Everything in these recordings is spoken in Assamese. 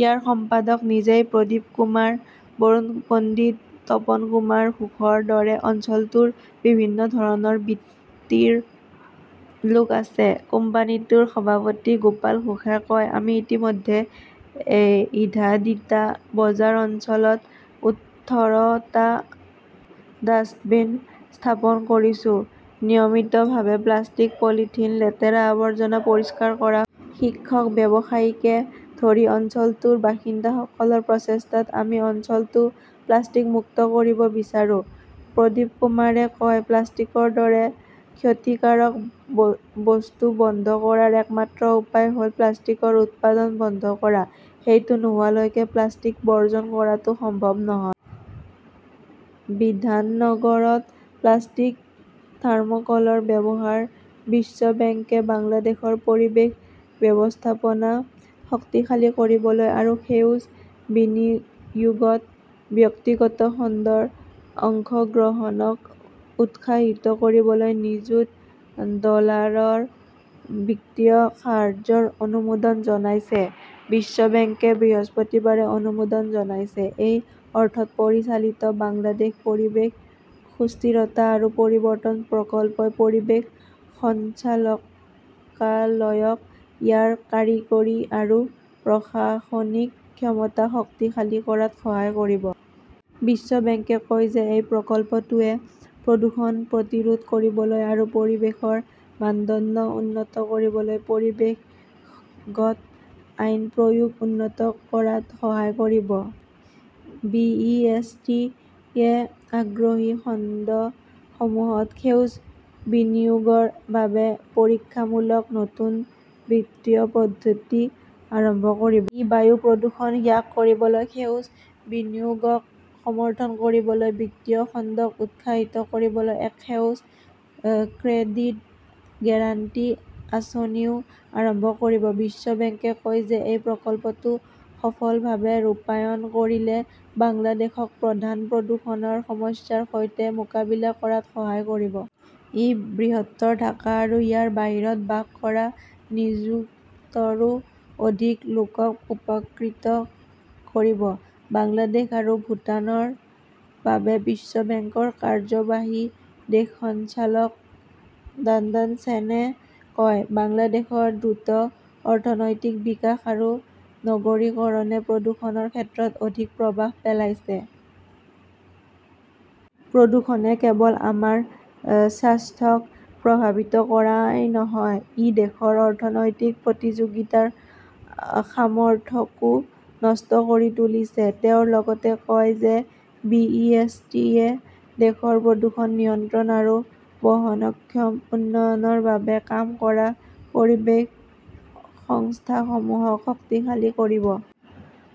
ইয়াৰ সম্পাদক নিজেই প্ৰদীপকুমাৰ। বৰুণ পণ্ডিত, তপনকুমাৰ ঘোষৰ দৰে অঞ্চলটোৰ বিভিন্ন ধৰণৰ বৃত্তিৰ লোক আছে। কোম্পানীটোৰ সভাপতি গোপাল ঘোষে কয়, আমি ইতিমধ্যে এ ইধাদিকা বজাৰ অঞ্চলত ওঠৰ টা ডাস্টবিন স্থাপন কৰিছো। নিয়মিতভাৱে প্লাষ্টিক, পলিথিন, লেতেৰা আৱৰ্জনা পৰিষ্কাৰ কৰা শিক্ষক, ব্যৱসায়ীকে ধৰি অঞ্চলটোৰ বাসিন্দাসকলৰ প্ৰচেষ্টাত আমি অঞ্চলটো প্লাষ্টিক মুক্ত কৰিব বিচাৰো। প্ৰদীপকুমাৰে কয়", প্লাষ্টিকৰ দৰে ক্ষতিকাৰক বস্তু বন্ধ কৰাৰ একমাত্ৰ উপায় হ 'ল প্লাষ্টিকৰ উৎপাদন বন্ধ কৰা। "সেইটো নোহোৱালৈকে প্লাষ্টিক বৰ্জন কৰাটো সম্ভৱ নহয়। বিধাননগৰত প্লাষ্টিক, থাৰ্মকলৰ ব্যৱহাৰ বিশ্ব বেংকে বাংলাদেশৰ পৰিৱেশ ব্যৱস্থাপনা শক্তিশালী কৰিবলৈ আৰু সেউজ বিনিয়োগত ব্যক্তিগত খণ্ডৰ অংশগ্ৰহণক উৎসাহিত কৰিবলৈ নিযুত ডলাৰৰ বিত্তীয় সাহায্যৰ অনুমোদন জনাইছে। বিশ্ব বেংকে বৃহস্পতিবাৰে অনুমোদন জনাইছে। এই অৰ্থত পৰিচালিত বাংলাদেশ পৰিৱেশ সুস্থিৰতা আৰু পৰিৱৰ্তন প্ৰকল্পই পৰিৱেশ সঞ্চালকালয়ক ইয়াৰ কাৰিকৰী আৰু প্ৰশাসনিক ক্ষমতা শক্তিশালী কৰাত সহায় কৰিব। বিশ্ব বেংকে কয় যে এই প্ৰকল্পটোৱে প্ৰদূষণ প্ৰতিৰোধ কৰিবলৈ আৰু পৰিৱেশৰ মানদণ্ড উন্নত কৰিবলৈ পৰিৱেশগত আইন-প্ৰয়োগ উন্নত কৰাত সহায় কৰিব। বি. ই. এছ. টি. -য়ে আগ্ৰহী খণ্ডসমূহত সেউজ বিনিয়োগৰ বাবে পৰীক্ষামূলক নতুন বিত্তীয় পদ্ধতি আৰম্ভ কৰিব। ই বায়ু প্ৰদূষণ হিয়াস কৰিবলৈ সেউজ বিনিয়োগক সমৰ্থন কৰিবলৈ বিত্তীয় খণ্ডক উৎসাহিত কৰিবলৈ এক সেউজ ক্ৰেডিট গেৰাণ্টি আঁচনিও আৰম্ভ কৰিব। বিশ্ব বেংকে কয় যে এই প্ৰকল্পটো সফলভাৱে ৰূপায়ণ কৰিলে বাংলাদেশক প্ৰধান প্ৰদূষণৰ সমস্যাৰ সৈতে মোকাবিলা কৰাত সহায় কৰিব। ই বৃহত্তৰ ঢাকা আৰু ইয়াৰ বাহিৰত বাস কৰা নিযুতৰো অধিক লোকক উপকৃত কৰিব। বাংলাদেশ আৰু ভূটানৰ বাবে বিশ্ব বেংকৰ কাৰ্যবাহী দেশ সঞ্চালক ডাণ্ডান চেনে কয়, বাংলাদেশৰ দ্ৰুত অৰ্থনৈতিক বিকাশ আৰু নগৰীকৰণে প্ৰদূষণৰ ক্ষেত্ৰত অধিক প্ৰভাৱ পেলাইছে। প্ৰদূষণে কেৱল আমাৰ স্বাস্থ্যক প্ৰভাৱিত কৰাই নহয়, ই দেশৰ অৰ্থনৈতিক প্ৰতিযোগিতাৰ সামৰ্থ্যকো নষ্ট কৰি তুলিছে। তেওঁ লগতে কয় যে বি. ই. এছ. টি. -য়ে দেশৰ প্ৰদূষণ নিয়ন্ত্ৰণ আৰু বহনক্ষম উন্নয়নৰ বাবে কাম কৰা পৰিৱেশ সংস্থাসমূহক শক্তিশালী কৰিব।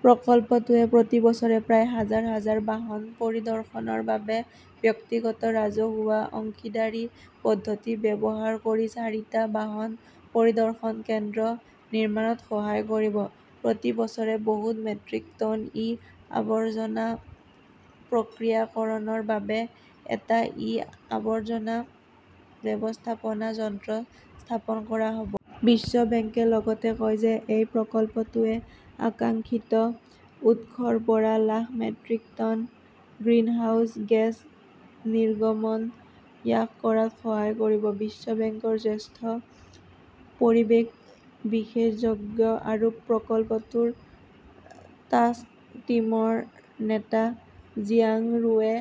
প্ৰকল্পটোৱে প্ৰতি বছৰে প্ৰায় হাজাৰ- হাজাৰ বাহন পৰিদৰ্শনৰ বাবে ব্যক্তিগত-ৰাজহুৱা অংশীদাৰী পদ্ধতি ব্যৱহাৰ কৰি চাৰিটা বাহন পৰিদৰ্শন কেন্দ্ৰ নিৰ্মাণত সহায় কৰিব। প্ৰতি বছৰে বহুত মেট্ৰিক টন ই-আৱৰ্জনা প্ৰক্ৰিয়াকৰণৰ বাবে এটা ই-আৱৰ্জনা ব্যৱস্থাপনা যন্ত্ৰ স্থাপন কৰা হ 'ব। বিশ্ব বেংকে লগতে কয় যে এই প্ৰকল্পটোৱে আকাংক্ষিত উৎসৰ পৰা lakh metric tonne greenhouse gas নিৰ্গমন হিয়াস কৰাত সহায় কৰিব। বিশ্ব বেংকৰ জ্যেষ্ঠ পৰিৱেশ বিশেজজ্ঞ আৰু প্ৰকল্পটোৰ টাস্ক টিমৰ নেতা জিয়াং ৰুৱে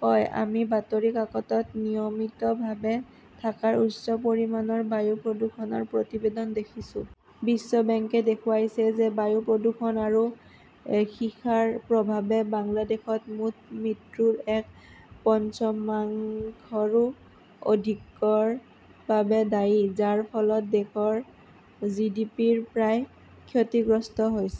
কয়, আমি বাতৰি কাকতত নিয়মিতভাৱে ঢাকাৰ উচ্চ পৰিমাণৰ বায়ু প্ৰদূষণৰ প্ৰতিবেদন দেখিছোঁ। বিশ্ব বেংকে দেখুৱাইছে যে বায়ু প্ৰদূষণ আৰু সীসাৰ প্ৰভাৱে বাংলাদেশত মুঠ মৃত্যুৰ এক পঞ্চমাংশৰো অধিকৰ বাবে দায়ী, যাৰ ফলত দেশৰ জিডিপিৰ প্ৰায় ক্ষতিগ্ৰস্ত হৈছে।